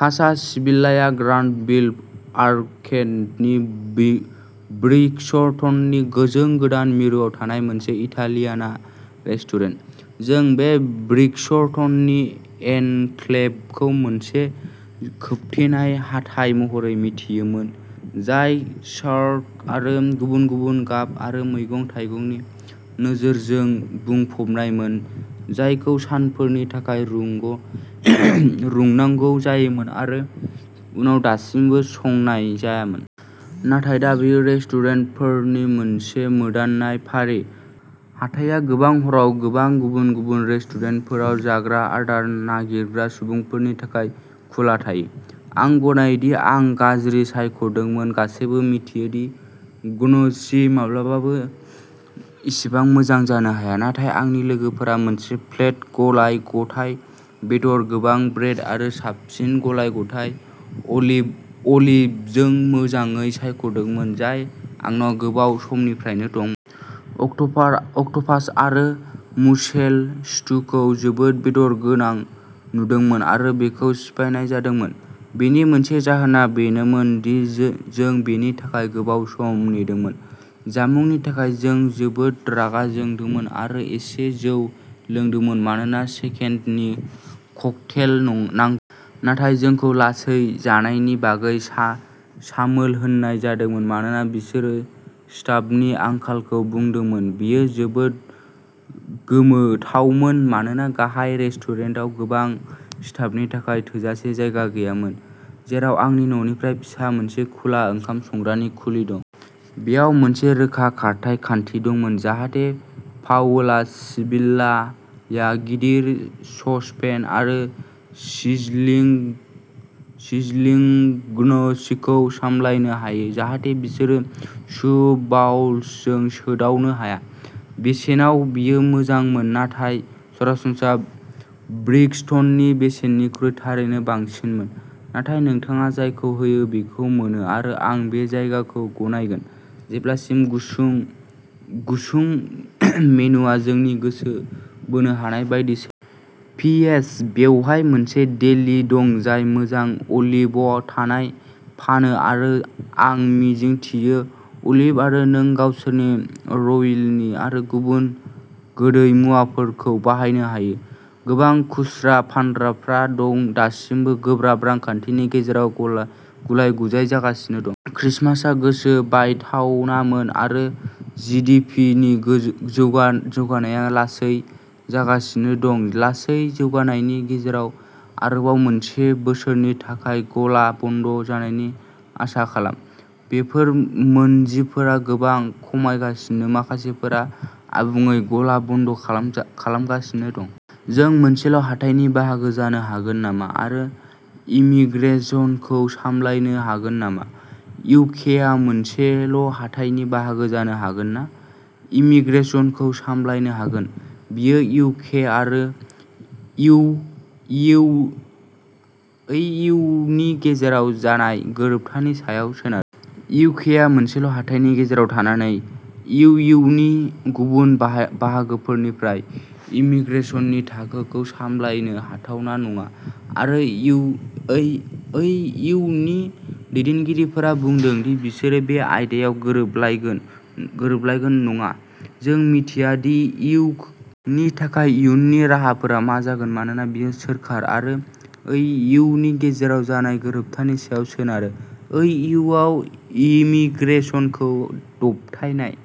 कासा सिबिल्लाआ ग्रानभिल आर्केडनि ब्रिक्सटननि गोजों गोदान मिरुआव थानाय मोनसे इटालियान रेस्टुरेन्ट। जों बे ब्रिक्सटननि एनक्लेभखौ मोनसे खोबथेनाय हाथाइ महरै मिथियोमोन, जाय शार्क आरो गुबुन-गुबुन गाब आरो मैगं-थाइगंनि नाफोरजों बुंफबनायमोन, जायखौ सानफोरनि थाखाय रुनांगौ जायोमोन आरो उनाव दासिमबो संनाय जायामोन। नाथाय दा बेयो रेस्टुरेन्टफोरनि मोनसे मोदाननाय फारि। हाथाइया गोबां हराव गोबां गुबुन-गुबुन रेस्टुरेन्टफोराव जाग्रा आदार नागिरग्रा सुबुंफोरनि थाखाय खुला थायो। आं गनायो दि आं गाज्रि सायख'दोंमोन गासैबो मिथियो दि ग्नोचि माब्लाबाबो एसेबां मोजां जानो हाया, नाथाय आंनि लोगोफोरा मोनसे प्लेट गलाय-गथाय बेदर, गोबां ब्रेड आरो साबसिन गलाय-गथाय अलिभ अलिभजों मोजाङै सायख'दोंमोन, जाय आंनाव गोबाव समनिफ्रायनो दं। अक्ट'फार अक्ट'पास आरो मुसेल स्टुखौ जोबोद बेदर गोनां नुदोंमोन आरो बेखौ सिफायनाय जादोंमोन। बेनि मोनसे जाहोना बेनोमोन दि जों बेनि थाखाय गोबाव सम नेदोंमोन। जामुंनि थाखाय जों जोबोद रागा जोंदोंमोन आरो एसे जौ लोंदोंमोन, मानोना सेकेन्दनि ककटेल नं नां नाथाय जोंखौ लासै जानायनि बागै सा-सामोल होननाय जादोंमोन, मानोना बिसोरो स्टाफनि आंखालखौ बुंदोंमोन। बेयो जोबोद गोमोथावमोन मानोना गाहाय रेस्टुरेन्टाव गोबां स्टाफनि थाखाय थोजासे जायगा गैयामोन, जेराव आंनि न'निफ्राइ फिसा मोनसे खुला ओंखाम संग्रानि खुलि दं। बेयाव मोनसे रोखा खारथाइ खान्थि दंमोन जाहाथे पाओला सिबिल्ला आ गिदिर ससपेन आरो सिजलिंग ग्नोचिखौ सामलायनो हायो, जाहाथे बिसोरो सुप बाउल्सजों सौदावनो हाया। बेसेनाव बेयो मोजांमोन नाथाय सरासनस्रा ब्रिक्सटननि बेसेननिख्रुइ थारैनो बांसिनमोन, नाथाय नोंथाङा जायखौ होयो बेखौ मोनो आरो आं बे जायगाखौ गनायगोन, जेब्लासिम गुसुं गुसुं मेनुआ जोंनि गोसो बोनो हानाय बायदि सोलायो। पि. एस. बेवहाय मोनसे डेली दं जाय मोजां अलिभ थाव फानो आरो आं मिजिंथियो अलिभ आरो नों गावसोरनि राविय'लि आरो गुबुन गोदै मुवाफोरखौबो बाहायनो हायो। गोबां खुस्रा फानग्राफ्रा दं दासिमबो गोब्राब रांखान्थिनि गेजेराव गुलाय-गुजाय जागासिनो दं। क्रिसमासआ गोसो बायथावनामोन आरो जि. डि. पि. नि जौगानाया लासै जागासिनो दं। लासै जौगानायनि गेजेराव आरोबाव मोनसे बोसोरनि थाखाय गला बन्द जानायनि आसा खालाम। बेफोर मोनजिफोरा गोबां खमायगासिनो माखासेफोरा आबुङै गला बन्द खालामगासिनो दं। जों मोनसेल'हाथाइनि बाहागो जानो हागोन नामा आरो इमीग्रेसनखौ सामलायनो हागोन नामा? इउ. के. आ मोनसेल'हाथाइनि बाहागो जानो हागोन ना इमीग्रेसनखौ सामलायनो हागोन। बेयो इउ. के. आरो इ. इउ. नि गेजेराव जानाय गोरोबथानि सायाव सोनारो। इउ. के. आ मोनसेल'हाथाइनि गेजेराव थानानै इउ. इउ. नि गुबुन बाहागोफोरनिफ्राय इमीग्रेसननि थाखोखौ सामलायनो हाथावना नङा, आरो इ. इउ. नि दैदेनगिरिफोरा बुंदों दि बिसोरो बे आयदायाव गोरोबलायगोन गोरोबलायगोन नङा। जों मिथिया दि इउ. के. नि थाखाय इयुननि राहाफोरा मा जागोन मानोना बेयो सोरखार आरो इ. इउ. नि गेजेराव जानाय गोरोबथानि सायाव सोनारो। इ. इउ. आव इमीग्रेसनखौ दबथायनाय।